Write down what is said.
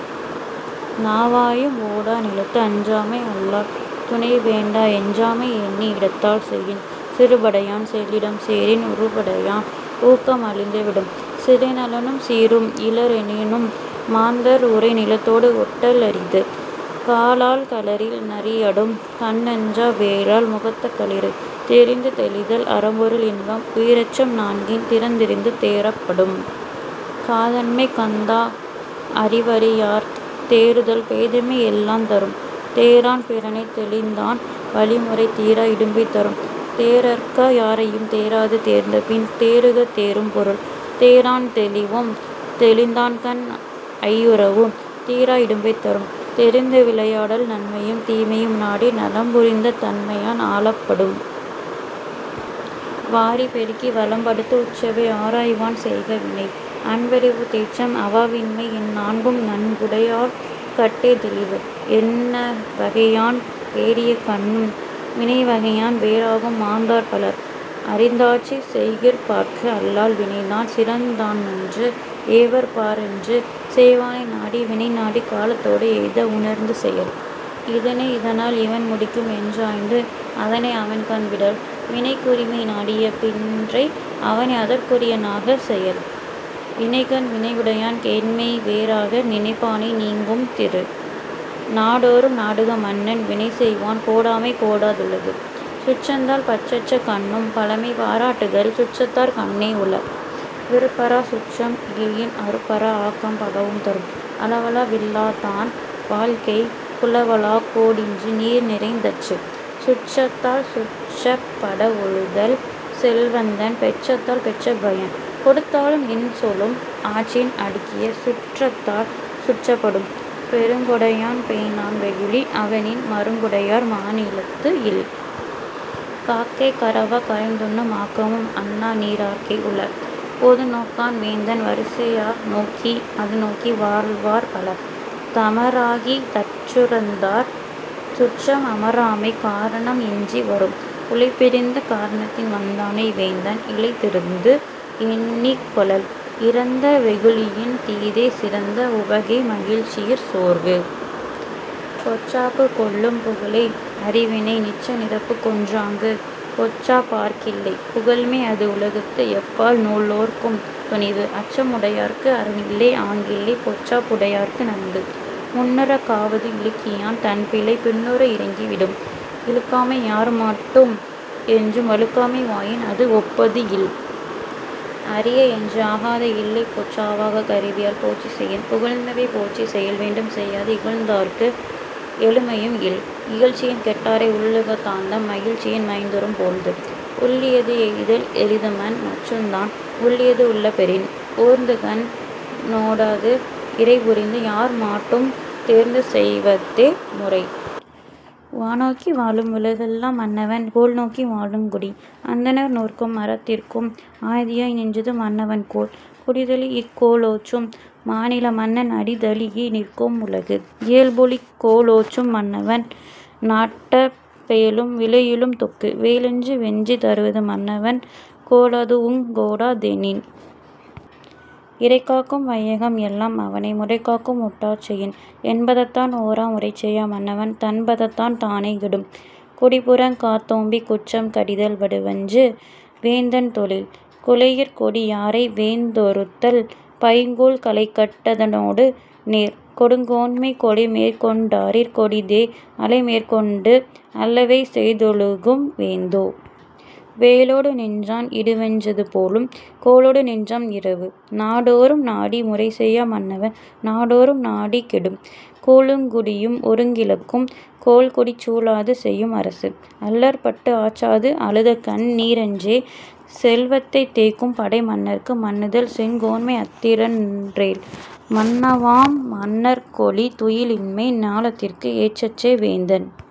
நாவாயும் ஓடா நிலத்து. அஞ்சாமை அல்லால் துணைவேண்டா எஞ்சாமை எண்ணி இடத்தால் செயின். சிறுபடையான் செல்லிடம் சேரின் உறுபடையான் ஊக்கம் அழிந்து விடும். சிறைநலனும் சீரும் இலரெனினும் மாந்தர் உறைநிலத்தோடு ஒட்டல் அரிது. காலாழ் களரில் நரியடும் கண்ணஞ்சா வேலாள் முகத்து களிறு. தெரிந்துதெளிதல் அறம்பொருள் இன்பம் உயிரச்சம் நான்கின் திறந்தெரிந்து தேறப் படும். காதன்மை கந்தா அறிவறியார்த் தேறுதல் பேதைமை எல்லாந் தரும். தேரான் பிறனைத் தெளிந்தான் வழிமுறை தீரா இடும்பை தரும். தே றற்க யாரையும் தேராது தேர்ந்தபின் தேறுக தேறும் பொருள். தேரான் தெளிவும் தெளிந்தான்கண் ஐயுறவும் தீரா இடும்பை தரும். தெரிந்துவிளையாடல் நன்மையும் தீமையும் நாடி நலம்புரிந்த தன்மையான் ஆளப் படும். வாரி பெருக்கி வளம்படுத்து உற்றவை ஆராய்வான் செய்க வினை. அன்பறிவு தேற்றம் அவாவின்மை இந்நான்கும் நன்குடையான் கட்டே தெளிவு. எனைவகையான் தேறியக் கண்ணும் வினைவகையான் வேறாகும் மாந்தர் பலர். அறிந்தாற்றிச் செய்கிற்பாற்கு அல்லால் வினைதான் சிறந்தானென்று ஏவற்பாற் றன்று. செய்வானை நாடி வினைநாடிக் காலத்தோடு எய்த உணர்ந்து செயல். இதனை இதனால் இவன்முடிக்கும் என்றாய்ந்து அதனை அவன்கண் விடல். வினைக் குரிமை நாடிய பின்றை அவனை அதற்குரிய னாகச் செயல். வினைக்கண் வினையுடையான் கேண்மைவே றாக நினைப்பானை நீங்கும் திரு. நாடோ றும் நாடுக மன்னன் வினைசெய்வான் கோடாமை கோடா துலகு. சுற்றந்தழால் பற்றற்ற கண்ணும் பழைமைபா ராட்டுதல் சுற்றத்தார் கண்ணே உள. விருப்பறாச் சுற்றம் இயையின் அருப்பறா ஆக்கம் பலவும் தரும். அளவளா வில்லாதான் வாழ்க்கை குளவளாக் கோடின்றி நீர்நிறைந் தற்று. சுற்றத்தால் சுற்றப் படஒழுகல் செல்வந்தன் பெற்றத்தால் பெற்ற பயன். கொடுத்தாலும் இன்சொலும் ஆற்றின் அடுக்கிய சுற்றத்தால் சுற்றப் படும். பெருங்கொடையான் பேணான் வெகுளி அவனின் மருங்குடையார் மாநிலத்து இல். காக்கை கரவா கரைந்துண்ணும் ஆக்கமும் அன்னநீ ரார்க்கே உள. பொதுநோக்கான் வேந்தன் வரிசையா நோக்கின் அதுநோக்கி வாழ்வார் பலர். தமராகிக் தற்றுறந்தார் சுற்றம் அமராமைக் காரணம் இன்றி வரும். உழைப்பிரிந்து காரணத்தின் வந்தானை வேந்தன் இழைத் திருந்து எண்ணிக் கொளல். இறந்த வெகுளியின் தீதே சிறந்த உவகை மகிழ்ச்சியிற் சோர்வு. பொச்சாப்புக் கொல்லும் புகழை அறிவினை நிச்ச நிரப்புக் கொன் றாங்கு. பொச்சாப்பார்க் கில்லை புகழ்மை அதுஉலகத்து எப்பால்நூ லோர்க்கும் துணிவு. அச்ச முடையார்க்கு அரணில்லை ஆங்கில்லை பொச்சாப் புடையார்க்கு நன்கு. முன்னுறக் காவது இழுக்கியான் தன்பிழை பின்னூறு இரங்கி விடும். இழுக்காமை யார்மாட்டும் என்றும் வழுக்காமை வாயின் அதுவொப்பது இல். அரியஎன்று ஆகாத இல்லைபொச் சாவாக் கருவியால் போற்றிச் செயின். புகழ்ந்தவை போற்றிச் செயல்வேண்டும் செய்யாது இகழ்ந்தார்க்கு எழுமையும் இல். இகழ்ச்சியின் கெட்டாரை உள்ளுக தாந்தம் மகிழ்ச்சியின் மைந்துறும் போழ்து. உள்ளியது எய்தல் எளிதுமன் மற்றுந்தான் உள்ளியது உள்ளப் பெறின். ஓர்ந்துகண் ணோடாது இறைபுரிந்து யார்மாட்டும் தேர்ந்துசெய் வஃதே முறை. வானோக்கி வாழும் உலகெல்லாம் மன்னவன் கோல் நோக்கி வாழுங் குடி. அந்தணர் நூற்கும் அறத்திற்கும் ஆதியாய் நின்றது மன்னவன் கோல். குடிதழீஇக் கோலோச்சும் மாநில மன்னன் அடிதழீஇ நிற்கும் உலகு. இயல்புளிக் கோலோச்சும் மன்னவன் நாட்ட பெயலும் விளையுளும் தொக்கு. வேலன்று வென்றி தருவது மன்னவன் கோலதூஉங் கோடா தெனின். இறைகாக்கும் வையகம் எல்லாம் அவனை முறைகாக்கும் முட்டாச் செயின். எண்பதத்தான் ஓரா முறைசெய்யா மன்னவன் தண்பதத்தான் தானே கெடும். குடிபுறங் காத்தோம்பிக் குற்றம் கடிதல் வடுவன்று வேந்தன் தொழில். கொலையிற் கொடியாரை வேந்தொறுத்தல் பைங்கூழ் களைகட் டதனொடு நேர். கொடுங்கோன்மை கொலைமேற்கொண் டாரிற் கொடிதே அலைமேற்கொண்டு அல்லவை செய்தொழுகும் வேந்து. வேலொடு நின்றான் இடுவென் றதுபோலும் கோலொடு நின்றான் இரவு. நாடொறும் நாடி முறைசெய்யா மன்னவன் நாடொறும் நாடி கெடும். கூழுங் குடியும் ஒருங்கிழக்கும் கோல்கொடிச் சூழாது செய்யும் அரசு. அல்லற்பட்டு ஆற்றாது அழுதகண் ணீரன்றே செல்வத்தைத் தேய்க்கும் படை மன்னர்க்கு மன்னுதல் செங்கோன்மை அஃதின்றேல் மன்னாவாம் மன்னர்க் கொளி. துளியின்மை ஞாலத்திற்கு எற்றற்றே வேந்தன்।